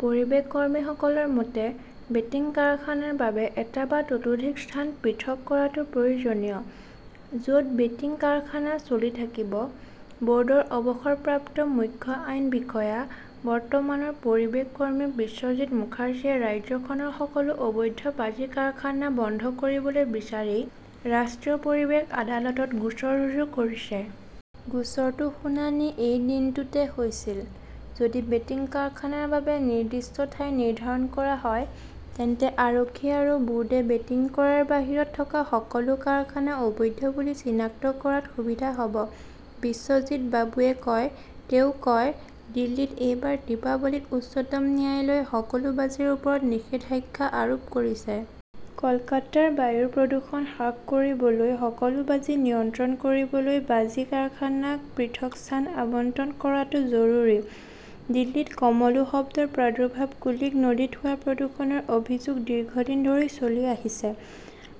পৰিৱেশ কৰ্মীসকলৰ মতে, বেটিং কাৰখানাৰ বাবে এটা বা ততোধিক স্থান পৃথক কৰাটো প্ৰয়োজনীয়। য 'ত বেটিং কাৰখানা চলি থাকিব। বৰ্ডৰ অৱসৰপ্ৰাপ্ত মুখ্য আইন বিষয়া, বৰ্তমানৰ পৰিৱেশ কৰ্মী বিশ্বজিত মুখাৰ্জীয়ে ৰাজ্যখনৰ সকলো অবৈধ বাজি কাৰখানা বন্ধ কৰিবলৈ বিচাৰি ৰাষ্ট্ৰীয় পৰিৱেশ আদালতত গোচৰ ৰুজু কৰিছে। গোচৰটোৰ শুনানি এই দিনটোতে হৈছিল। যদি বেটিং কাৰখানাৰ বাবে নিৰ্দিষ্ট ঠাই নিৰ্ধাৰণ কৰা হয়, তেন্তে আৰক্ষী আৰু বোৰ্ডে বেটিং কৰাৰ বাহিৰত থকা সকলো কাৰখানা অবৈধ বুলি চিনাক্ত কৰাত সুবিধা হব, বিশ্বজিত বাবুৱে কয়, তেওঁ কয়, দিল্লীত এইবাৰ দীপাৱলীত উচ্চতম ন্যায়ালয়ে সকলো বাজিৰ ওপৰত নিষেধাজ্ঞা আৰোপ কৰিছে। কলকাতাৰ বায়ুৰ প্ৰদূষণ হ্ৰাস কৰিবলৈ সকলো বাজি নিয়ন্ত্ৰণ কৰিবলৈ বাজি কাৰখানাক পৃথক স্থান আবণ্টন কৰাটো জৰুৰী। দিল্লীত কমলো শব্দৰ প্ৰাদুৰ্ভাৱ কুলিক নদীত হোৱা প্ৰদূষণৰ অভিযোগ দীৰ্ঘদিন ধৰি চলি আহিছে।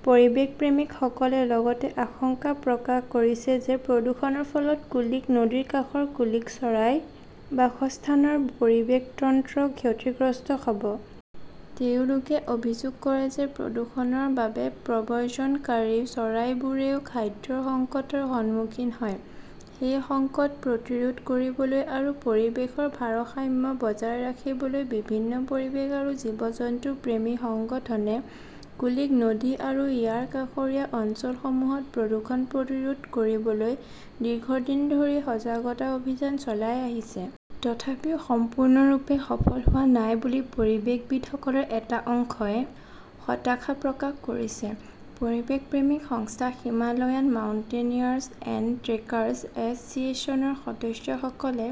পৰিৱেশপ্ৰেমীসকলে লগতে আশংকা প্ৰকাশ কৰিছে যে প্ৰদূষণৰ ফলত কুলিক নদীৰ কাষৰ কুলিক চৰাইৰ বাসস্থানৰ পৰিৱেশ তন্ত্ৰ ক্ষতিগ্ৰস্ত হব। তেওঁলোকে অভিযোগ কৰে যে প্ৰদূষণৰ বাবে প্ৰব্ৰজনকাৰী চৰাইবোৰেও খাদ্যৰ সংকটৰ সন্মুখীন হয়। সেই সংকট প্ৰতিৰোধ কৰিবলৈ আৰু পৰিৱেশৰ ভাৰসাম্য বজাই ৰাখিবলৈ, বিভিন্ন পৰিৱেশ আৰু জীৱ-জন্তু প্ৰেমী সংগঠনে কুলিক নদী আৰু ইয়াৰ কাষৰীয়া অঞ্চলসমূহত প্ৰদূষণ প্ৰতিৰোধ কৰিবলৈ দীৰ্ঘদিন ধৰি সজাগতা অভিযান চলাই আহিছে। তথাপিও সম্পূৰ্ণৰূপে সফল হোৱা নাই বুলি পৰিৱেশবিদসকলৰ এটা অংশই হতাশা প্ৰকাশ কৰিছে। পৰিৱেশপ্ৰেমী সংস্থা হিমালয়ান মাউণ্টেনিয়াৰ্ছ এণ্ড ট্ৰেকাৰ্ছ এছ চিয়েশ্যনৰ সদস্যসকলে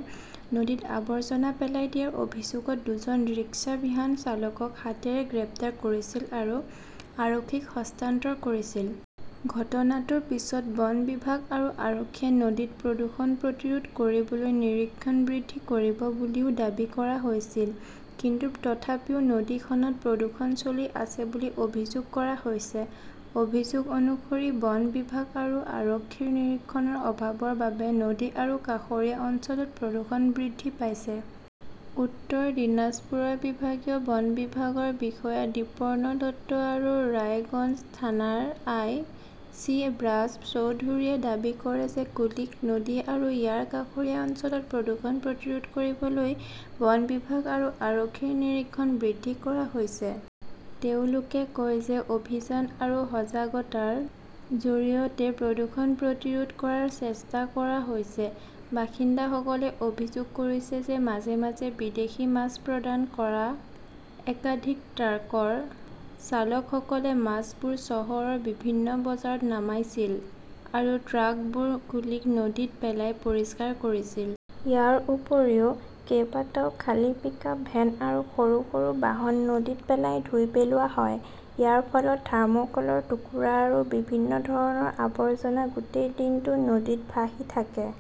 নদীত আৱৰ্জনা পেলাই দিয়াৰ অভিযোগত দুজন ৰিক্সাভ্যান চালকক হাতেৰে গ্ৰেপ্তাৰ কৰিছিল আৰু আৰক্ষীক হস্তান্তৰ কৰিছিল। ঘটনাটোৰ পিছত বন বিভাগ আৰু আৰক্ষীয়ে নদীত প্ৰদূষণ প্ৰতিৰোধ কৰিবলৈ নিৰীক্ষণ বৃদ্ধি কৰিব বুলিও দাবী কৰা হৈছিল। কিন্তু তথাপিও নদীখনত প্ৰদূষণ চলি আছে বুলি অভিযোগ কৰা হৈছে। অভিযোগ অনুসৰি বন বিভাগ আৰু আৰক্ষীৰ নিৰীক্ষণৰ অভাৱৰ বাবে নদী আৰু কাষৰীয়া অঞ্চলত প্ৰদূষণ বৃদ্ধি পাইছে। উত্তৰ দিনাজপুৰৰ বিভাগীয় বন বিভাগৰ বিষয়া দ্বিপৰ্ণ দত্ত আৰু ৰায়গঞ্জ থানাৰ আই. চি. ব্ৰাছ চৌধুৰীয়ে দাবী কৰে যে কুলিক নদী আৰু ইয়াৰ কাষৰীয়া অঞ্চলত প্ৰদূষণ প্ৰতিৰোধ কৰিবলৈ বন বিভাগ আৰু আৰক্ষীৰ নিৰীক্ষণ বৃদ্ধি কৰা হৈছে। তেওঁলোকে কয় যে অভিযান আৰু সজাগতাৰ জৰিয়তে প্ৰদূষণ প্ৰতিৰোধ কৰাৰ চেষ্টা কৰা হৈছে। বাসিন্দাসকলে অভিযোগ কৰিছে যে মাজে-মাজে বিদেশী মাছ প্ৰদান কৰা একাধিক ট্ৰাকৰ চালকসকলে মাছবোৰ চহৰৰ বিভিন্ন বজাৰত নামাইছিল আৰু ট্ৰাকবোৰ কুলিক নদীত পেলাই পৰিষ্কাৰ কৰিছিল। ইয়াৰ উপৰিও, কেইবাটাও খালী পিকআপ ভেন আৰু সৰু-সৰু বাহন নদীত পেলাই ধুই পেলোৱা হয়। ইয়াৰ ফলত থাৰ্মকলৰ টুকুৰা আৰু বিভিন্ন ধৰণৰ আৱৰ্জনা গোটেই দিনটো নদীত ভাহি থাকে।